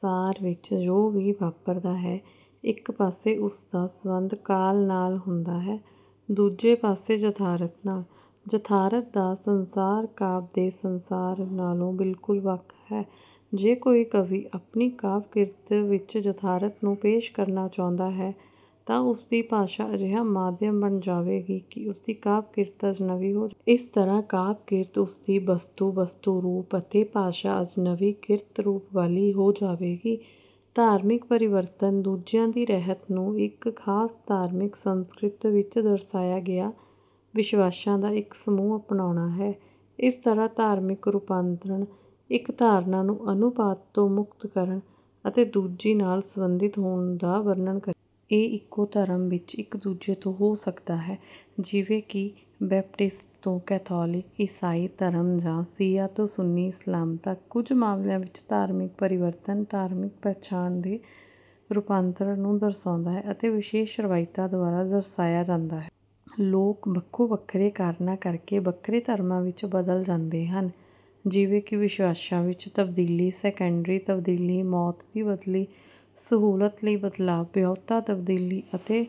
ਸੰਸਾਰ ਵਿੱਚ ਜੋ ਵੀ ਵਾਪਰਦਾ ਹੈ ਇਕ ਪਾਸੇ ਉਸ ਦਾ ਸੰਬੰਧ ਕਾਲ ਨਾਲ ਹੁੰਦਾ ਹੈ ਦੂਜੇ ਪਾਸੇ ਯਥਾਰਥ ਨਾਲ। ਯਥਾਰਥ ਦਾ ਸੰਸਾਰ ਕਾਵਿ ਦੇ ਸੰਸਾਰ ਨਾਲੋਂ ਬਿਲਕੁਲ ਵੱਖ ਹੈ। ਜੇ ਕੋਈ ਕਵੀ ਆਪਣੀ ਕਾਵਿ-ਕਿਰਤ ਵਿੱਚ ਯਥਾਰਥ ਨੂੰ ਪੇਸ਼ ਕਰਨਾ ਚਾਹੁੰਦਾ ਹੈ ਤਾਂ ਉਸਦੀ ਭਾਸ਼ਾ ਅਜਿਹਾ ਮਾਧਿਅਮ ਬਣ ਜਾਵੇਗੀ ਕਿ ਉਸਦੀ ਕਾਵਿ-ਕਿਰਤ ਅਜਨਬੀ ਹੋ ਜਾਵੇਗੀ। ਇਸ ਤਰ੍ਹਾਂ ਕਾਵਿ-ਕਿਰਤ ਉਸਦੀ ਵਸਤੂ, ਵਸਤੂ-ਰੂਪ ਅਤੇ ਭਾਸ਼ਾ ਅਜਨਬੀਕ੍ਰਿਤ ਰੂਪ ਵਾਲੀ ਹੋ ਜਾਵੇਗੀ। ਧਾਰਮਿਕ ਪਰਿਵਰਤਨ ਦੂਜਿਆਂ ਦੀ ਰਹਿਤ ਨੂੰ ਇੱਕ ਖਾਸ ਧਾਰਮਿਕ ਸੰਸਕ੍ਰਿਤ ਨਾਲ ਦਰਸਾਇਆ ਗਿਆ ਵਿਸ਼ਵਾਸਾਂ ਦਾ ਇੱਕ ਸਮੂਹ ਅਪਣਾਉਣਾ ਹੈ। ਇਸ ਤਰ੍ਹਾਂ "ਧਾਰਮਿਕ ਰੂਪਾਂਤਰਣ" ਇੱਕ ਧਾਰਨਾ ਨੂੰ ਅਨੁਪਾਤ ਤੋਂ ਮੁਕਤ ਕਰਨ ਅਤੇ ਦੂਜੀ ਨਾਲ ਸੰਬੰਧਿਤ ਹੋਣ ਦਾ ਵਰਣਨ ਕਰੇਗਾ। ਇਹ ਇੱਕੋ ਧਰਮ ਵਿੱਚ ਇੱਕ ਦੂਜੇ ਤੋਂ ਹੋ ਸਕਦਾ ਹੈ, ਜਿਵੇਂ ਕਿ ਬੈਪਟਿਸਟ ਤੋਂ ਕੈਥੋਲਿਕ ਈਸਾਈ ਧਰਮ ਜਾਂ ਸ਼ੀਆ ਤੋਂ ਸੁੰਨੀ ਇਸਲਾਮ ਤੱਕ। ਕੁਝ ਮਾਮਲਿਆਂ ਵਿੱਚ, ਧਾਰਮਿਕ ਪਰਿਵਰਤਨ "ਧਾਰਮਿਕ ਪਛਾਣ ਦੇ ਰੂਪਾਂਤਰ ਨੂੰ ਦਰਸਾਉਂਦਾ ਹੈ ਅਤੇ ਵਿਸ਼ੇਸ਼ ਰਵਾਇਤਾਂ ਦੁਆਰਾ ਦਰਸਾਇਆ ਜਾਂਦਾ ਹੈ"। ਲੋਕ ਵੱਖੋ-ਵੱਖਰੇ ਕਾਰਨਾਂ ਕਰਕੇ ਵੱਖਰੇ ਧਰਮਾਂ ਵਿੱਚ ਬਦਲ ਜਾਂਦੇ ਹਨ, ਜਿਵੇਂ ਕਿ ਵਿਸ਼ਵਾਸਾਂ ਵਿੱਚ ਤਬਦੀਲੀ, ਸੈਕੰਡਰੀ ਤਬਦੀਲੀ, ਮੌਤ ਦੀ ਬਦਲੀ, ਸਹੂਲਤ ਲਈ ਬਦਲਾਵ, ਵਿਆਹੁਤਾ ਤਬਦੀਲੀ ਅਤੇ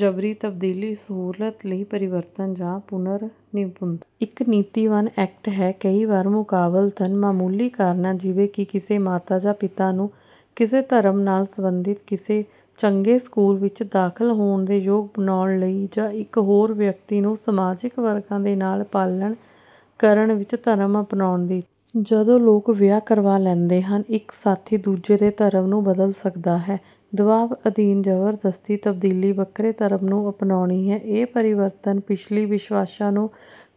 ਜਬਰੀ ਤਬਦੀਲੀ। ਸਹੂਲਤ ਲਈ ਪਰਿਵਰਤਨ ਜਾਂ ਪੁਨਰ-ਨਿਪੁੰਨਤਾ ਇੱਕ ਨੀਤੀਵਾਨ ਐਕਟ ਹੈ, ਕਈ ਵਾਰੀ ਮੁਕਾਬਲਤਨ ਮਾਮੂਲੀ ਕਾਰਨਾਂ ਜਿਵੇਂ ਕਿ ਕਿਸੇ ਮਾਤਾ ਜਾਂ ਪਿਤਾ ਨੂੰ ਕਿਸੇ ਧਰਮ ਨਾਲ ਸਬੰਧਿਤ ਕਿਸੇ ਚੰਗੇ ਸਕੂਲ ਵਿੱਚ ਦਾਖ਼ਲ ਹੋਣ ਦੇ ਯੋਗ ਬਣਾਉਣ ਲਈ, ਜਾਂ ਇੱਕ ਹੋਰ ਵਿਅਕਤੀ ਨੂੰ ਸਮਾਜਿਕ ਵਰਗਾਂ ਦੇ ਨਾਲ ਪਾਲਣ ਕਰਨ ਵਿੱਚ ਧਰਮ ਅਪਣਾਉਣ ਦੀ ਇੱਛਾ। ਜਦੋਂ ਲੋਕ ਵਿਆਹ ਕਰਵਾ ਲੈਂਦੇ ਹਨ, ਇੱਕ ਸਾਥੀ ਦੂਜੇ ਦੇ ਧਰਮ ਨੂੰ ਬਦਲ ਸਕਦਾ ਹੈ। ਦਬਾਅ ਅਧੀਨ ਜ਼ਬਰਦਸਤੀ ਤਬਦੀਲੀ ਵੱਖਰੇ ਧਰਮ ਨੂੰ ਅਪਣਾਉਣੀ ਹੈ। ਇਹ ਪਰਿਵਰਤਨ ਪਿਛਲੀ ਵਿਸ਼ਵਾਸਾਂ ਨੂੰ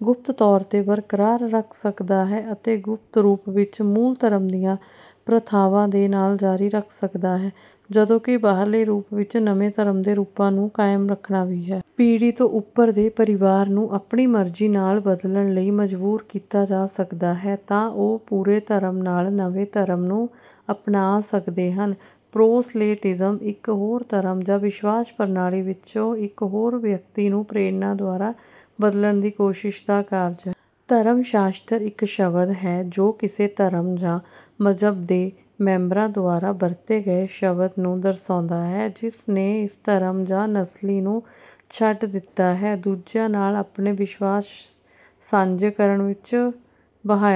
ਗੁਪਤ ਤੌਰ ਤੇ ਬਰਕਰਾਰ ਰੱਖ ਸਕਦਾ ਹੈ ਅਤੇ ਗੁਪਤ ਰੂਪ ਵਿਚ, ਮੂਲ ਧਰਮ ਦੀਆਂ ਪ੍ਰਥਾਵਾਂ ਦੇ ਨਾਲ ਜਾਰੀ ਰੱਖ ਸਕਦਾ ਹੈ, ਜਦੋਂ ਕਿ ਬਾਹਰਲੇ ਰੂਪ ਵਿੱਚ ਨਵੇਂ ਧਰਮ ਦੇ ਰੂਪਾਂ ਨੂੰ ਕਾਇਮ ਰੱਖਣਾ ਵੀ ਹੈ। ਪੀੜ੍ਹੀ ਤੋਂ ਉਪਰ ਦੇ ਪਰਿਵਾਰ ਨੂੰ ਆਪਣੀ ਮਰਜ਼ੀ ਨਾਲ ਬਦਲਣ ਲਈ ਮਜਬੂਰ ਕੀਤਾ ਜਾ ਸਕਦਾ ਹੈ ਤਾਂ ਉਹ ਪੂਰੇ ਧਰਮ ਨਾਲ ਨਵੇਂ ਧਰਮ ਨੂੰ ਅਪਣਾ ਸਕਦੇ ਹਨ। ਪ੍ਰੋਸਲੇਟਿਜ਼ਮ ਇੱਕ ਹੋਰ ਧਰਮ ਜਾਂ ਵਿਸ਼ਵਾਸ ਪ੍ਰਣਾਲੀ ਵਿੱਚੋਂ ਇੱਕ ਹੋਰ ਵਿਅਕਤੀ ਨੂੰ ਪ੍ਰੇਰਣਾ ਦੁਆਰਾ ਬਦਲਣ ਦੀ ਕੋਸ਼ਿਸ਼ ਦਾ ਕਾਰਜ ਹੈ। ਧਰਮ-ਸ਼ਾਸਤਰ ਇੱਕ ਸ਼ਬਦ ਹੈ ਜੋ ਕਿਸੇ ਧਰਮ ਜਾਂ ਮਜ੍ਹਬ ਦੇ ਮੈਂਬਰਾਂ ਦੁਆਰਾ ਵਰਤੇ ਗਏ ਸ਼ਬਦ ਨੂੰ ਦਰਸਾਉਂਦਾ ਹੈ ਜਿਸ ਨੇ ਇਸ ਧਰਮ ਜਾਂ ਨਸਲੀ ਨੂੰ ਛੱਡ ਦਿੱਤਾ ਹੈ। ਦੂਜਿਆਂ ਨਾਲ ਆਪਣੇ ਵਿਸ਼ਵਾਸ ਸਾਂਝੇ ਕਰਨ ਵਿੱਚ, ਬਹਾਇਆਂ ਨੂੰ